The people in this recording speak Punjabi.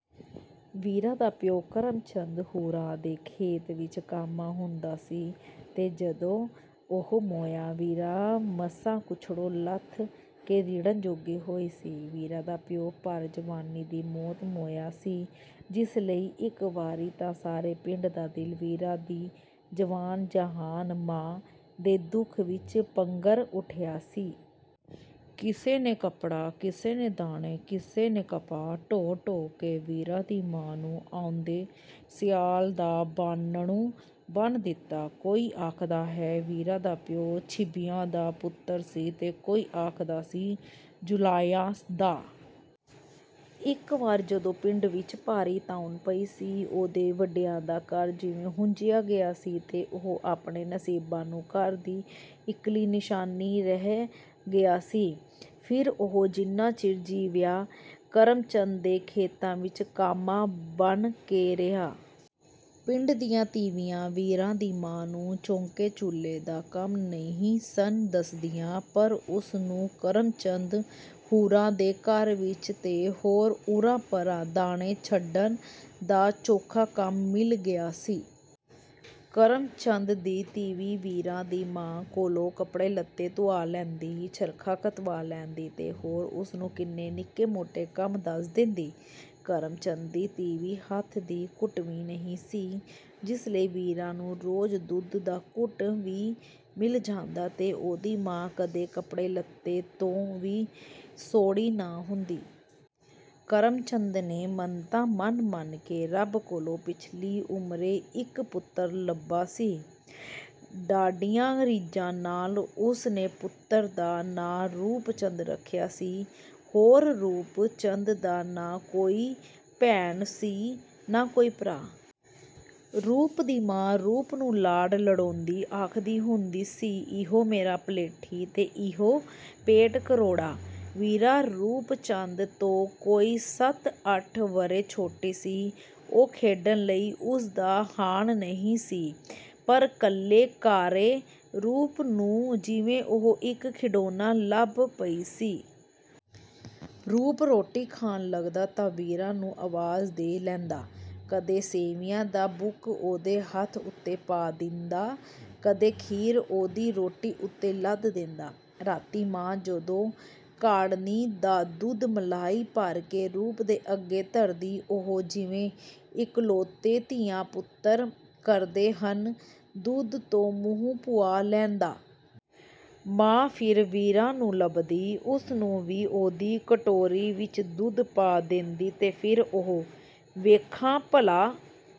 ਵੀਰਾਂ ਦਾ ਪਿਓ ਕਰਮ ਚੰਦ ਹੁਰਾਂ ਦੇ ਖੇਤ ਵਿੱਚ ਕਾਮਾ ਹੁੰਦਾ ਸੀ ਤੇ ਜਦੋਂ ਉਹ ਮੋਇਆ, ਵੀਰਾਂ ਮਸਾਂ ਕੁਛੜੋਂ ਲੱਥ ਕੇ ਰਿੜ੍ਹਨ ਜੋਗੀ ਹੋਈ ਸੀ। ਵੀਰਾਂ ਦਾ ਪਿਓ ਭਰ ਜਵਾਨੀ ਦੀ ਮੌਤ ਮੋਇਆ ਸੀ, ਜਿਸ ਲਈ ਇੱਕ ਵਾਰੀ ਤਾਂ ਸਾਰੇ ਪਿੰਡ ਦਾ ਦਿਲ ਵੀਰਾਂ ਦੀ ਜਵਾਨ-ਜਹਾਨ ਮਾਂ ਦੇ ਦੁੱਖ ਵਿੱਚ ਪੰਘਰ ਉੱਠਿਆ ਸੀ। ਕਿਸੇ ਨੇ ਕੱਪੜਾ, ਕਿਸੇ ਨੇ ਦਾਣੇ, ਕਿਸੇ ਨੇ ਕਪਾਹ ਢੋ-ਢੋ ਕੇ ਵੀਰਾਂ ਦੀ ਮਾਂ ਨੂੰ ਆਉਂਦੇ ਸਿਆਲ ਦਾ ਬਾਨ੍ਹਣੂ ਬੰਨ੍ਹ ਦਿੱਤਾ। ਕੋਈ ਆਖਦਾ ਹੈ ਵੀਰਾਂ ਦਾ ਪਿਓ ਛੀਂਬਿਆਂ ਦਾ ਪੁੱਤਰ ਸੀ ਤੇ ਕੋਈ ਆਖਦਾ ਸੀ ਜੁਲਾਹਿਆਂ ਦਾ। ਇੱਕ ਵਾਰ, ਜਦੋਂ ਪਿੰਡਾਂ ਵਿੱਚ ਭਾਰੀ ਤਾਊਨ ਪਈ ਸੀ, ਉਹਦੇ ਵੱਡਿਆਂ ਦਾ ਘਰ ਜਿਵੇਂ ਹੂੰਝਿਆ ਗਿਆ ਸੀ ਤੇ ਉਹ ਆਪਣੇ ਨਸੀਬਾਂ ਨੂੰ ਘਰ ਦੀ ਇਕੱਲੀ ਨਿਸ਼ਾਨੀ ਰਹਿ ਗਿਆ ਸੀ। ਫਿਰ ਉਹ ਜਿੰਨਾ ਚਿਰ ਜੀਵਿਆ, ਕਰਮ ਚੰਦ ਦੇ ਖੇਤਾਂ ਵਿੱਚ ਕਾਮਾ ਬਣ ਕੇ ਰਿਹਾ। ਪਿੰਡ ਦੀਆਂ ਤੀਵੀਆਂ ਵੀਰਾਂ ਦੀ ਮਾਂ ਨੂੰ ਚੌਂਕੇ-ਚੁੱਲ੍ਹੇ ਦਾ ਕੰਮ ਨਹੀਂ ਸਨ ਦੱਸਦੀਆਂ, ਪਰ ਉਸ ਨੂੰ ਕਰਮ ਚੰਦ ਹੁਰਾਂ ਦੇ ਘਰ ਵਿੱਚ ਤੇ ਹੋਰ ਉਰ੍ਹਾਂ-ਪਰ੍ਹਾਂ ਦਾਣੇ ਛੜਨ ਦਾ ਚੋਖਾ ਕੰਮ ਮਿਲ ਗਿਆ ਸੀ। ਕਰਮ ਚੰਦ ਦੀ ਤੀਵੀਂ ਵੀਰਾਂ ਦੀ ਮਾਂ ਕੋਲੋਂ ਕੱਪੜੇ-ਲੱਤੇ ਧੁਆ ਲੈਂਦੀ, ਚਰਖਾ ਕਤਵਾ ਲੈਂਦੀ ਤੇ ਹੋਰ ਉਸ ਨੂੰ ਕਿੰਨੇ ਨਿੱਕੇ-ਮੋਟੇ ਕੰਮ ਦੱਸ ਦੇਂਦੀ। ਕਰਮ ਚੰਦ ਦੀ ਤੀਵੀਂ ਹੱਥ ਦੀ ਘੁੱਟਵੀਂ ਨਹੀਂ ਸੀ, ਜਿਸ ਲਈ ਵੀਰਾਂ ਨੂੰ ਰੋਜ਼ ਦੁੱਧ ਦਾ ਘੁੱਟ ਵੀ ਮਿਲ ਜਾਂਦਾ ਤੇ ਉਹਦੀ ਮਾਂ ਕਦੇ ਕੱਪੜੇ-ਲੱਤੇ ਤੋਂ ਵੀ ਸੌੜੀ ਨਾ ਹੁੰਦੀ। ਕਰਮ ਚੰਦ ਨੇ ਮੰਨਤਾਂ ਮੰਨ-ਮੰਨ ਕੇ ਰੱਬ ਕੋਲੋਂ ਪਿਛਲੀ ਉਮਰੇ ਇੱਕ ਪੁੱਤਰ ਲੱਭਾ ਸੀ। ਡਾਢੀਆਂ ਰੀਝਾਂ ਨਾਲ ਉਸ ਨੇ ਪੁੱਤਰ ਦਾ ਨਾਂ ਰੂਪ ਚੰਦ ਰੱਖਿਆ ਸੀ। ਹੋਰ ਰੂਪ ਚੰਦ ਦਾ ਨਾ ਕੋਈ ਭੈਣ ਸੀ, ਨਾ ਕੋਈ ਭਰਾ। ਰੂਪ ਦੀ ਮਾਂ ਰੂਪ ਨੂੰ ਲਾਡ ਲਡਾਉਂਦੀ ਆਖਦੀ ਹੁੰਦੀ ਸੀ, “ਇਹੋ ਮੇਰਾ ਪਲੇਠੀ ਤੇ ਇਹੋ ਪੇਟ-ਘਰੋੜਾ।” ਵੀਰਾਂ ਰੂਪ ਚੰਦ ਤੋਂ ਕੋਈ ਸੱਤ-ਅੱਠ ਵਰ੍ਹੇ ਛੋਟੀ ਸੀ। ਉਹ ਖੇਡਣ ਲਈ ਉਸ ਦਾ ਹਾਣ ਨਹੀਂ ਸੀ, ਪਰ ਕੱਲੇ-ਕਾਰੇ ਰੂਪ ਨੂੰ ਜਿਵੇਂ ਉਹ ਇੱਕ ਖਿਡੌਣਾ ਲੱਭ ਪਈ ਸੀ। ਰੂਪ ਰੋਟੀ ਖਾਣ ਲੱਗਦਾ ਤਾਂ ਵੀਰਾਂ ਨੂੰ ਆਵਾਜ਼ ਦੇ ਲੈਂਦਾ। ਕਦੇ ਸੇਵੀਆਂ ਦਾ ਬੁੱਕ ਉਹਦੇ ਹੱਥਾਂ ਉੱਤੇ ਪਾ ਦਿੰਦਾ, ਕਦੇ ਖੀਰ ਉਹਦੀ ਰੋਟੀ ਉੱਤੇ ਲੱਦ ਦੇਂਦਾ। ਰਾਤੀਂ ਮਾਂ ਜਦੋਂ ਕਾੜ੍ਹਨੀ ਦਾ ਦੁੱਧ ਮਲਾਈ ਭਰ ਕੇ ਰੂਪ ਦੇ ਅੱਗੇ ਧਰਦੀ, ਉਹ, ਜਿਵੇਂ ਇਕਲੌਤੇ ਧੀਆਂ-ਪੁੱਤਰ ਕਰਦੇ ਹਨ, ਦੁੱਧ ਤੋਂ ਮੂੰਹ ਭੁਆ ਲੈਂਦਾ। ਮਾਂ ਫਿਰ ਵੀਰਾਂ ਨੂੰ ਲੱਭਦੀ, ਉਸ ਨੂੰ ਵੀ ਉਹਦੀ ਕਟੋਰੀ ਵਿੱਚ ਦੁੱਧ ਪਾ ਦੇਂਦੀ ਤੇ ਫਿਰ ਉਹ, “ਵੇਖਾਂ ਭਲਾਂ...”